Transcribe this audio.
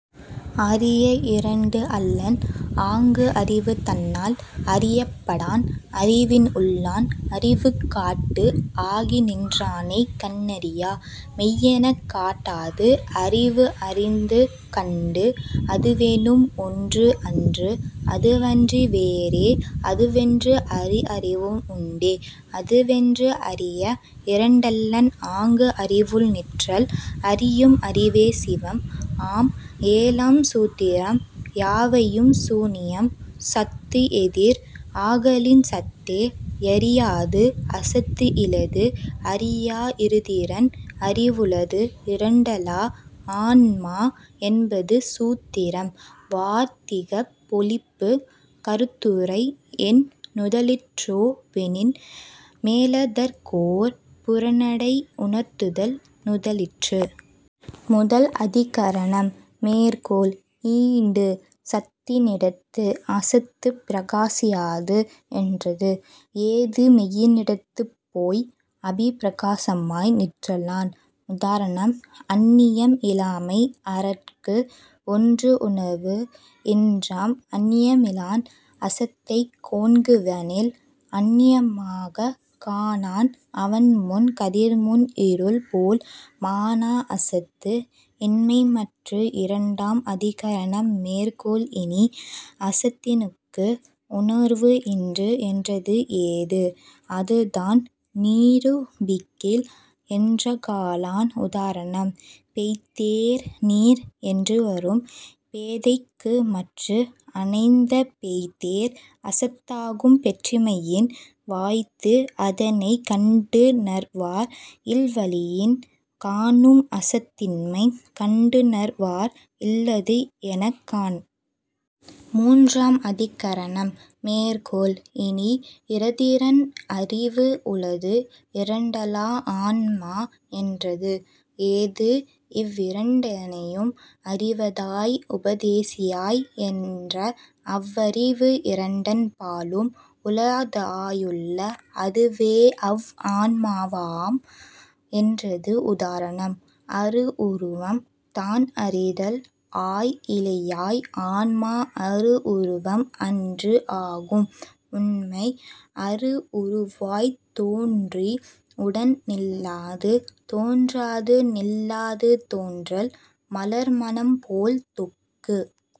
அறிய இரண்டு அல்லன், ஆங்கு அறிவு தன்னால் அறியப் படான், அறிவின் உள்ளான் -- அறிவுக் காட்டு ஆகி நின்றானைக் கண்ணறியா மெய்யென்னக் காட்டாது அறிவு அறிந்து கண்டு. அதுவெனும் ஒன்றுஅன்று அதுவன்றி வேறே அதுவென்று அறி அறிவும் உண்டே--- அதுவென்று அறிய இரண்டல்லன் ஆங்கு அறிவுள் நிற்றல் அறியும் அறிவே சிவம் ஆம் ஏழாம் சூத்திரம் யாவையும் சூனியம் சத்துஎதிர் ஆகலின் சத்தே யறியாது அசத்துஇலது அறியா இருதிறன் அறிவுளது இரண்டலா ஆன்மா என்பது சூத்திரம் வார்த்திகப் பொழிப்பு: கருத்துரை: என் நுதலிற்றோ வெனின், மேலதற்கோர் புறனடை உணர்த்துதல் நுதலிற்று. முதல் அதிகரணம் மேற்கோள்: ஈண்டு, சத்தினிடத்து அசத்துப் பிரகாசியாது என்றது. ஏது: மெய்யினிடத்துப் பொய் அப்பிரகாசமாய் நிற்றலான். உதாரணம்: அன்னியம் இலாமை அரற்கு ஒன்று உணர்வு இன்றாம் அன்னியமிலான் அசத்தைக் காண்குவனேல்---- அன்னியமாக் காணான் அவன்முன், கதிர்முன் இருள்போல் மாணா அசத்து இன்மை மற்று.. இரண்டாம் அதிகரணம் மேற்கோள்: இனி, அசத்தினுக்கு உணர்வு இன்று என்றது ஏது: அதுதான் நிரூபிக்கில் இன்றாகலான் உதாரணம்: பேய்த்தேர் நீர் என்றுவரும் பேதைக்கு மற்று அணைந்த பேய்த்தேர் அசத்தாகும் பெற்றிமையின் --- வாய்த்து அதனைக் கண்டுணர்வார் இல்வழியின் காணும் அசத்தின்மை கண்டுணர்வார் இல்லது எனக் காண்.. மூன்றாம் அதிகரணம் மேற்கோள்: இனி, இருதிறன் அறிவு உளது இரண்டலா ஆன்மா என்றது. ஏது: இவ்விரண்டனையும் அறிவதாய் உபதேசியாய் நின்ற அவ்வறிவு இரண்டன் பாலும் உளதாயுள்ள அதுவேஅவ் ஆன்மாவாம் என்றது உதாரணம்: அரு உருவம் தான் அறிதல் ஆய் இழையாய் ஆன்மா அரு உருவம் அன்று ஆகும் உண்மை-- அரு உருவாய்த் தோன்றி உடன் நில்லாது தோன்றாது நில்லாது தோன்றல் மலர்மணம்போல் தொக்கு.